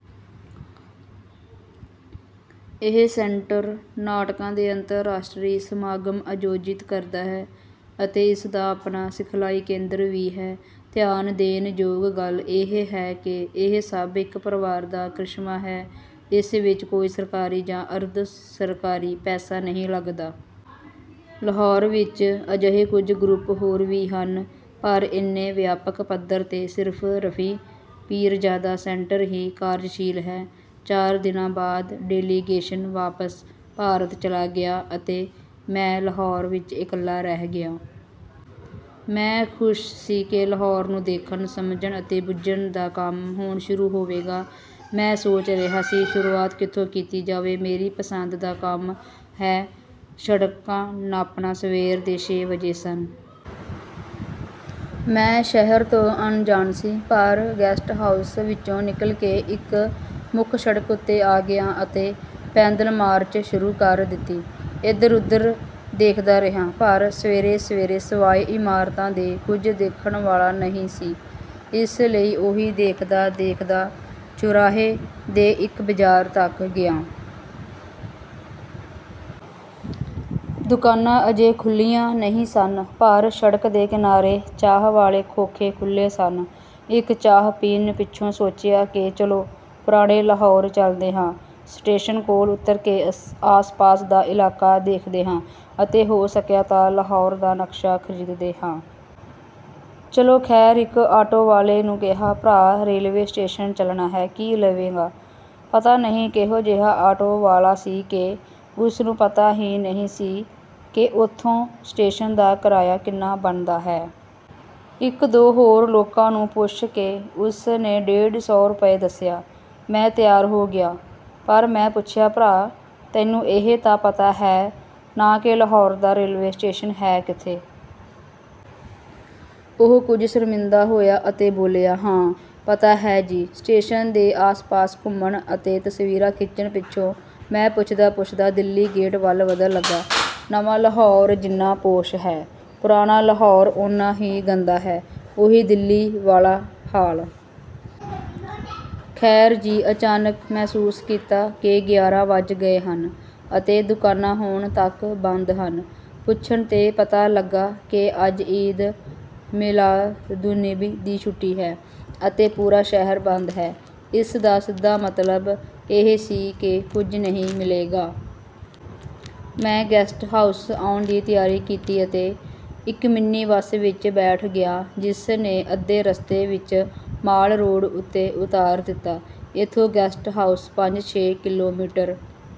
ਇਹ ਸੈਂਟਰ, ਨਾਟਕਾਂ ਦੇ ਅੰਤਰਰਾਸ਼ਟਰੀ ਸਮਾਗਮ ਆਯੋਜਿਤ ਕਰਦਾ ਹੈ ਅਤੇ ਇਸ ਦਾ ਆਪਣਾ ਸਿਖਲਾਈ ਕੇਂਦਰ ਵੀ ਹੈ। ਧਿਆਨ ਦੇਣ ਯੋਗ ਗੱਲ ਇਹ ਹੈ ਕਿ ਇਹ ਸਭ ਇੱਕ ਪਰਿਵਾਰ ਦਾ ਕਰਿਸ਼ਮਾ ਹੈ। ਇਸ ਵਿੱਚ ਕੋਈ ਸਰਕਾਰੀ ਜਾਂ ਅਰਧ-ਸਰਕਾਰੀ ਪੈਸਾ ਨਹੀਂ ਲੱਗਦਾ। ਲਾਹੌਰ ਵਿੱਚ ਅਜਿਹੇ ਕੁਝ ਗਰੁੱਪ ਹੋਰ ਵੀ ਹਨ, ਪਰ ਇੰਨੇ ਵਿਆਪਕ ਪੱਧਰ 'ਤੇ ਸਿਰਫ਼ 'ਰਫ਼ੀ ਪੀਰਜ਼ਾਦਾ ਸੈਂਟਰ' ਹੀ ਕਾਰਜਸ਼ੀਲ ਹੈ। ਚਾਰ ਦਿਨਾਂ ਬਾਅਦ ਡੈਲੀਗੇਸ਼ਨ ਵਾਪਸ ਭਾਰਤ ਚਲਾ ਗਿਆ ਅਤੇ ਮੈਂ ਲਾਹੌਰ ਵਿੱਚ ਇਕੱਲਾ ਰਹਿ ਗਿਆ। ਮੈਂ ਖ਼ੁਸ਼ ਸੀ ਕਿ ਲਾਹੌਰ ਨੂੰ ਦੇਖਣ, ਸਮਝਣ ਅਤੇ ਬੁੱਝਣ ਦਾ ਕੰਮ ਹੁਣ ਸ਼ੁਰੂ ਹੋਵੇਗਾ। ਮੈਂ ਸੋਚ ਰਿਹਾ ਸੀ, "ਸ਼ੁਰੂਆਤ ਕਿੱਥੋਂ ਕੀਤੀ ਜਾਵੇ?" ਮੇਰੀ ਪਸੰਦ ਦਾ ਕੰਮ ਹੈ—ਸੜਕਾਂ ਨਾਪਣਾ। ਸਵੇਰ ਦੇ ਛੇ ਵੱਜੇ ਸਨ। ਮੈਂ ਸ਼ਹਿਰ ਤੋਂ ਅਣਜਾਣ ਸੀ, ਪਰ ਗੈਸਟ ਹਾਊਸ ਵਿੱਚੋਂ ਨਿਕਲ ਕੇ ਇੱਕ ਮੁੱਖ ਸੜਕ ਉੱਤੇ ਆ ਗਿਆ ਅਤੇ ਪੈਦਲ ਮਾਰਚ ਸ਼ੁਰੂ ਕਰ ਦਿੱਤੀ। ਇੱਧਰ-ਉੱਧਰ ਦੇਖਦਾ ਰਿਹਾ, ਪਰ ਸਵੇਰੇ-ਸਵੇਰੇ ਸਿਵਾਏ ਇਮਾਰਤਾਂ ਦੇ ਕੁਝ ਦੇਖਣ ਵਾਲਾ ਨਹੀਂ ਸੀ, ਇਸ ਲਈ ਉਹੀ ਦੇਖਦਾ-ਦੇਖਦਾ ਚੌਰਾਹੇ ਦੇ ਇੱਕ ਬਾਜ਼ਾਰ ਤੱਕ ਆ ਗਿਆ। ਦੁਕਾਨਾਂ ਅਜੇ ਖੁੱਲ੍ਹੀਆਂ ਨਹੀਂ ਸਨ, ਪਰ ਸੜਕ ਦੇ ਕਿਨਾਰੇ ਚਾਹ ਵਾਲੇ ਖੋਖੇ ਖੁੱਲ੍ਹੇ ਸਨ। ਇੱਕ ਚਾਹ ਪੀਣ ਪਿੱਛੋਂ ਸੋਚਿਆ ਕਿ ਚਲੋ ਪੁਰਾਣੇ ਲਾਹੌਰ ਚੱਲਦੇ ਹਾਂ, ਸਟੇਸ਼ਨ ਕੋਲ ਉੱਤਰ ਕੇ ਆਸ-ਪਾਸ ਦਾ ਇਲਾਕਾ ਦੇਖਦੇ ਹਾਂ ਅਤੇ ਹੋ ਸਕਿਆ ਤਾਂ ਲਾਹੌਰ ਦਾ ਨਕਸ਼ਾ ਖ਼ਰੀਦਦੇ ਹਾਂ। ਚਲੋ ਖ਼ੈਰ, ਇੱਕ ਆਟੋ ਵਾਲੇ ਨੂੰ ਕਿਹਾ, "ਭਰਾ, ਰੇਲਵੇ ਸਟੇਸ਼ਨ ਚੱਲਣਾ ਹੈ, ਕੀ ਲਵੇਂਗਾ?" ਪਤਾ ਨਹੀਂ ਕਿਹੋ-ਜਿਹਾ ਆਟੋ ਵਾਲਾ ਸੀ ਕਿ ਉਸ ਨੂੰ ਪਤਾ ਹੀ ਨਹੀਂ ਸੀ ਕਿ ਉੱਥੋਂ ਸਟੇਸ਼ਨ ਦਾ ਕਿਰਾਇਆ ਕਿੰਨਾ ਬਣਦਾ ਹੈ! ਇੱਕ-ਦੋ ਹੋਰ ਲੋਕਾਂ ਨੂੰ ਪੁੱਛ ਕੇ ਉਸ ਨੇ ਡੇਢ ਸੌ ਰੁਪਏ ਦੱਸਿਆ। ਮੈਂ ਤਿਆਰ ਹੋ ਗਿਆ, ਪਰ ਮੈਂ ਪੁੱਛਿਆ, "ਭਰਾ, ਤੈਨੂੰ ਇਹ ਤਾਂ ਪਤਾ ਹੈ ਨਾ ਕਿ ਲਾਹੌਰ ਦਾ ਰੇਲਵੇ ਸਟੇਸ਼ਨ ਹੈ ਕਿੱਥੇ?" ਉਹ ਕੁਝ ਸ਼ਰਮਿੰਦਾ ਹੋਇਆ ਅਤੇ ਬੋਲਿਆ, "ਹਾਂ, ਪਤਾ ਹੈ ਜੀ।" ਸਟੇਸ਼ਨ ਦੇ ਆਸ-ਪਾਸ ਘੁੰਮਣ ਅਤੇ ਤਸਵੀਰਾਂ ਖਿੱਚਣ ਪਿੱਛੋਂ ਮੈਂ ਪੁੱਛਦਾ-ਪੁੱਛਦਾ ਦਿੱਲੀ ਗੇਟ ਵੱਲ ਵਧਣ ਲੱਗਾ। ਨਵਾਂ ਲਾਹੌਰ ਜਿੰਨਾ ਪੌਸ਼ ਹੈ, ਪੁਰਾਣਾ ਲਾਹੌਰ ਉੱਨਾ ਹੀ ਗੰਦਾ ਹੈ—ਉਹੀ ਦਿੱਲੀ ਵਾਲਾ ਹਾਲ! ਖ਼ੈਰ ਜੀ, ਅਚਾਨਕ ਮਹਿਸੂਸ ਕੀਤਾ ਕਿ ਗਿਆਰਾਂ ਵੱਜ ਗਏ ਹਨ ਅਤੇ ਦੁਕਾਨਾਂ ਹੁਣ ਤੱਕ ਬੰਦ ਹਨ। ਪੁੱਛਣ 'ਤੇ ਪਤਾ ਲੱਗਾ ਕਿ ਅੱਜ 'ਈਦ ਮਿਲਾਦੁਨਬੀ' ਦੀ ਛੁੱਟੀ ਹੈ ਅਤੇ ਪੂਰਾ ਸ਼ਹਿਰ ਬੰਦ ਹੈ। ਇਸ ਦਾ ਸਿੱਧਾ ਮਤਲਬ ਇਹ ਸੀ ਕਿ ਕੁਝ ਨਹੀਂ ਮਿਲੇਗਾ। ਮੈਂ ਗੈਸਟ ਹਾਊਸ ਆਉਣ ਦੀ ਤਿਆਰੀ ਕੀਤੀ ਅਤੇ ਇੱਕ ਮਿਨੀ ਬੱਸ ਵਿੱਚ ਬੈਠ ਗਿਆ, ਜਿਸ ਨੇ ਅੱਧੇ ਰਸਤੇ ਵਿੱਚ ਮਾਲ ਰੋਡ ਉੱਤੇ ਉਤਾਰ ਦਿੱਤਾ। ਇੱਥੋਂ ਗੈਸਟ ਹਾਊਸ ਪੰਜ-ਛੇ ਕਿਲੋਮੀਟਰ